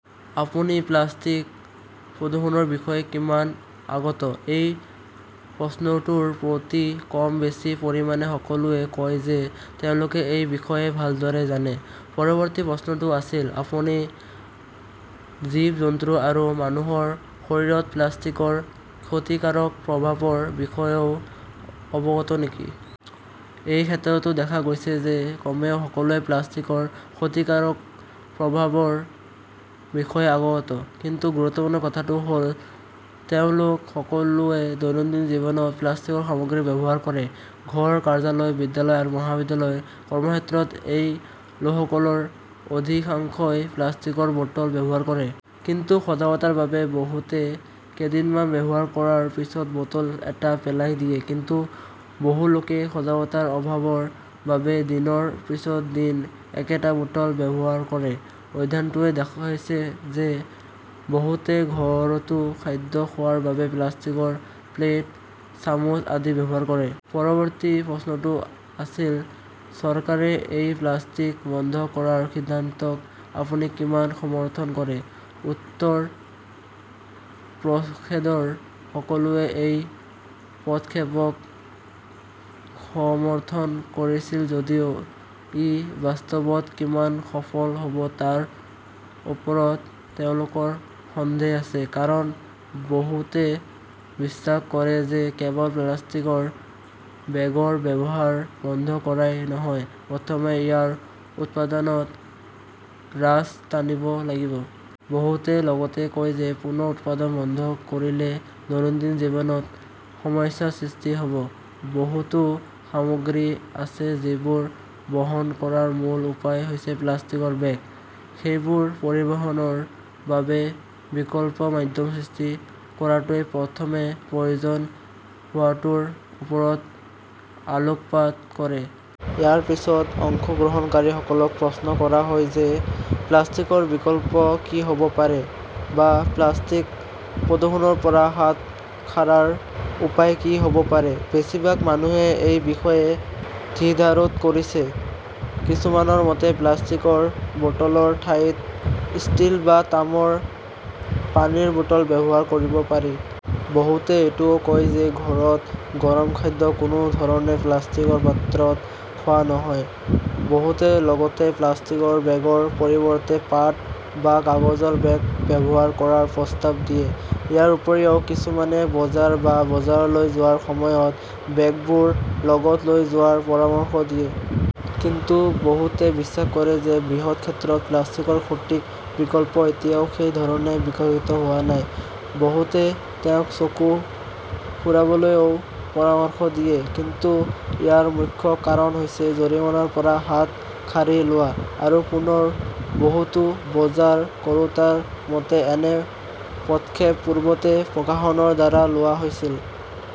আপুনি প্লাষ্টিক প্ৰদূষণৰ বিষয়ে কিমান অৱগত? এই প্ৰশ্নটোৰ প্ৰতি কম বেছি পৰিমাণে সকলোৱে কয় যে তেওঁলোকে এই বিষয়ে ভালদৰে জানে। পৰৱৰ্তী প্ৰশ্নটো আছিল, আপুনি জীৱ-জন্তু আৰু মানুহৰ শৰীৰত প্লাষ্টিকৰ ক্ষতিকাৰক প্ৰভাৱৰ বিষয়েও অৱগত নেকি? এই ক্ষেত্ৰতো দেখা গৈছে যে কমেও সকলোৱে প্লাষ্টিকৰ ক্ষতিকাৰক প্ৰভাৱৰ বিষয়ে অৱগত। কিন্তু গুৰুত্বপূৰ্ণ কথাটো হ 'ল, তেওঁলোক সকলোৱে দৈনন্দিন জীৱনত প্লাষ্টিকৰ সামগ্ৰী ব্যৱহাৰ কৰে। ঘৰ, কাৰ্যলয়, বিদ্যালয় আৰু মহাবিদ্যালয়, কৰ্মক্ষেত্ৰত এই লোকসকলৰ অধিকাংশই প্লাষ্টিকৰ বটল ব্যৱহাৰ কৰে। কিন্তু সজাগতাৰ বাবে বহুতে কেইদিনমান ব্যৱহাৰ কৰাৰ পিছত বটল এটা পেলাই দিয়ে। কিন্তু বহু লোকে সজাগতাৰ অভাৱৰ বাবে দিনৰ পিছত দিন একেটা বটল ব্যৱহাৰ কৰে। অধ্যয়নটোৱে দেখুৱাইছে যে বহুতে ঘৰতো খাদ্য খোৱাৰ বাবে প্লাষ্টিকৰ প্লেট, চামুচ আদি ব্যৱহাৰ কৰে। পৰৱৰ্তী প্ৰশ্নটো আছিল, চৰকাৰে এই প্লাষ্টিক বন্ধ কৰাৰ সিদ্ধান্তক আপুনি কিমান সমৰ্থন কৰে? উত্তৰ প্ৰদেশৰ সকলোৱে এই পদক্ষেপক সমৰ্থন কৰিছিল যদিও ই বাস্তৱত কিমান সফল হব তাৰ ওপৰত তেওঁলোকৰ সন্দেহ আছে। কাৰণ, বহুতে বিশ্বাস কৰে যে কেৱল প্লাষ্টিকৰ বেগৰ ব্যৱহাৰ বন্ধ কৰাই নহয়, প্ৰথমে ইয়াৰ উৎপাদনত ৰাছ টানিব লাগিব। বহুতে লগতে কয় যে পুনৰ উৎপাদন বন্ধ কৰিলে দৈনন্দিন জীৱনত সমস্যাৰ সৃষ্টি হব। বহুতো সামগ্ৰী আছে যিবোৰ বহন কৰাৰ মূল উপায় হৈছে প্লাষ্টিকৰ বেগ। সেইবোৰ পৰিবহণৰ বাবে বিকল্প মাধ্যম সৃষ্টি কৰাটোৱেই প্ৰথমে প্ৰয়োজন হোৱাটোৰ ওপৰত আলোকপাত কৰে। ইয়াৰ পিছত অংশগ্ৰহণকাৰীসকলক প্ৰশ্ন কৰা হয় যে প্লাষ্টিকৰ বিকল্প কি হ 'ব পাৰে বা প্লাষ্টিক প্ৰদূষণৰ পৰা হাত সাৰাৰ উপায় কি হ' ব পাৰে, বেছিভাগ মানুহেই এই বিষয়ে দ্বিধাবোধ কৰিছে। কিছুমানৰ মতে, প্লাষ্টিকৰ বটলৰ ঠাইত ষ্টীল বা তামৰ পানীৰ বটল ব্যৱহাৰ কৰিব পাৰি। বহুতে এইটোও কয় যে ঘৰত গৰম খাদ্য কোনো ধৰণে প্লাষ্টিকৰ পাত্ৰত খোৱা নহয়। বহুতে লগতে প্লাষ্টিকৰ বেগৰ পৰিৱৰ্তে পাট বা কাগজৰ বেগ ব্যৱহাৰ কৰাৰ প্ৰস্তাৱ দিয়ে। ইয়াৰ উপৰিও, কিছুমানে বজাৰ বা বজাৰলৈ যোৱাৰ সময়ত বেগবোৰ লগত লৈ যোৱাৰ পৰামৰ্শ দিয়ে। কিন্তু বহুতে বিশ্বাস কৰে যে বৃহৎ ক্ষেত্ৰত প্লাষ্টিকৰ সঠিক বিকল্প এতিয়াও সেই ধৰণে বিকশিত হোৱা নাই। বহুতে তেওঁক চকু ফুৰাবলৈও পৰামৰ্শ দিয়ে। কিন্তু ইয়াৰ মুখ্য কাৰণ হৈছে জৰিমনাৰ পৰা হাত সাৰি লোৱা। আৰু পুনৰ, বহুতো বজাৰ কৰোঁতাৰ মতে, এনে পদক্ষেপ পূৰ্বতে প্ৰশাসনৰ দ্বাৰা লোৱা হৈছিল।